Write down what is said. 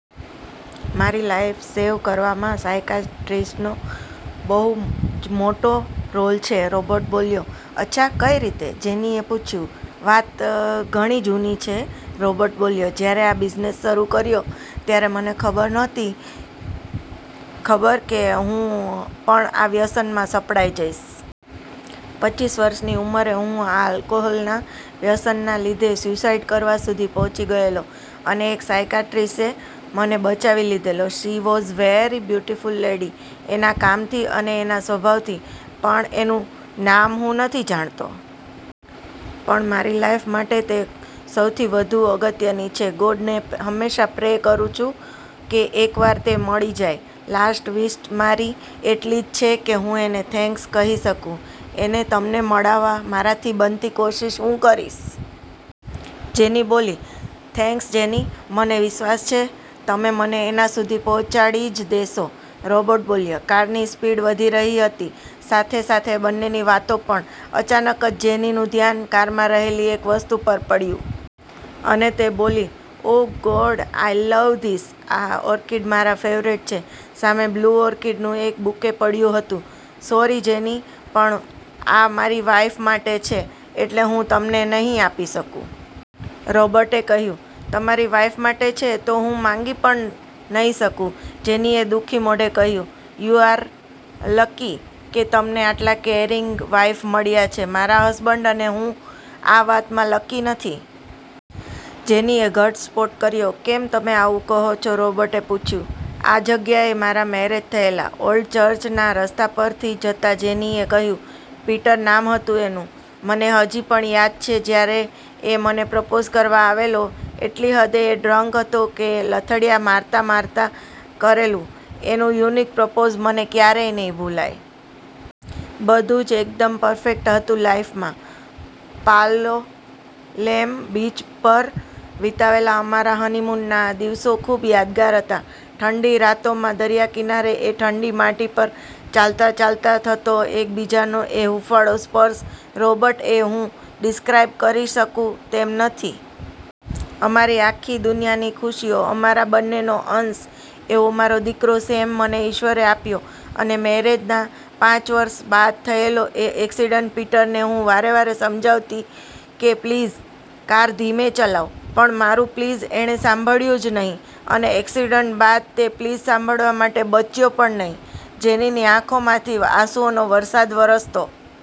મારી life save કરવામાં સાયકાયટ્રિસ્ટનો બહુ જ મોટો રોલ છે. રૉબર્ટ બોલ્યો. "અચ્છા કઈ રીતે?" જેનીએ પૂછ્યું. "વાત ઘણી જૂની છે!" રૉબર્ટ બોલ્યો. "જ્યારે આ બિઝનેસ શરૂ કર્યો ત્યારે મને નહોતી ખબર કે હું પણ આ વ્યસનમાં સપડાઈ જઈશ. પચ્ચીસ વર્ષની ઉંમરે હું આ આલ્કોહોલના વ્યસનના લીધે સ્યુસાઇડ કરવા સુધી પહોંચી ગયેલો અને એક સાઇકાયટ્રિસ્ટે મને બચાવી લીધેલો. She was very beautiful lady. એના કામથી અને એના સ્વભાવથી, પણ એનું નામ હું નથી જાણતો. પણ મારી લાઈફ માટે તે સૌથી વધુ અગત્યની છે. ગોડને હંમેશા પ્રે કરૂ છુ કે એક વાર તે મળી જાય. લાસ્ટ વિશ મારી એટલીજ છે કે હું એને થેન્ક્સ કહી શકુ." "એને તમને મળાવવા મારાથી બનતી કોશિશ હું કરીશ." જેની બોલી. "થેન્ક્સ જેની, મને વિશ્વાસ છે તમે મને એના સુધી પહોંચાડી જ દેશો." રૉબર્ટ બોલ્યો. કારની સ્પીડ વધી રહી હતી, સાથે-સાથે બંનેની વાતો પણ. અચાનક જ જેનીનું ધ્યાન કારમાં રહેલી એક વસ્તુ પર પડ્યું. અને તે બોલી, "oh God, I love this. આ ઓર્કિડ મારા ફેવરિટ છે." સામે બ્લૂ ઓર્કિડનું એક બુકે પડ્યું હતું. "સોરી જેની, પણ આ મારી વાઇફ માટે છે, એટલે હું તમને નહીં આપી શકુ." રૉબર્ટે કહ્યું. "તમારી વાઇફ માટે છે તો હું માંગી પણ નઈ શકું!" જેનીએ દુઃખી મોઢે કહ્યું, "યુ આર લકી કે તમને આટલા કેરિંગ વાઈફ મળ્યા છે. મારા હસબન્ડ અને હું આ વાતમાં લકી નથી!" જેની એ ઘટસ્ફોટ કર્યો. "કેમ તમે આવું કહો છો?" રૉબર્ટે પૂછ્યું. "આ જગ્યાએ મારા મેરેજ થયેલા." ઓલ્ડ ચર્ચના રસ્તા પરથી જતા જેનીએ કહ્યું. "પીટર નામ હતું એનું. મને હજી પણ યાદ છે જ્યારે એ મને પ્રપોઝ કરવા આવેલો, એટલી હદે એ ડ્રન્ક હતો કે લથડીયા મારતા-મારતા કરેલું, એનું યુનિક પ્રપોસ મને ક્યારેય નહીં ભુલાય. બધું જ એકદમ પરફેક્ટ હતું લાઇફમાં. પાલોલેમ બિચ ઉપર વિતાવેલા અમારા 'હનીમૂન' ના દિવસો ખૂબ યાદગાર હતા. ઠંડી રાતોમાં દરિયાકિનારે એ ઠંડી માટી પર ચાલતા-ચાલતા થતો એકબીજાનો એ હૂંફાળો સ્પર્શ રૉબર્ટ એ હું ડિસ્ક્રાઈબ કરી શકુ તેમ નથી. અમારી આખી દુનિયાની ખુશીઓ, અમારા બંનેનો અંશ એવો મારો દિકરો સેમ મને ઈશ્વરે આપ્યો. અને મેરેજના પાંચ વર્ષ બાદ થયેલો એ એકસીડન્ટ! પીટરને હું વારે-વારે સમજાવતી કે, પ્લીઝ કાર ધીરે ચલાવ. પણ મારુ પ્લીઝ એણે સાંભળ્યું જ નહીં, અને એક્સિડન્ટ બાદ એ પ્લીઝ સાંભળવા માટે બચ્યો પણ નહીં." જેનીની આંખોમાંથી આંસુઓનો વરસાદ વરસતો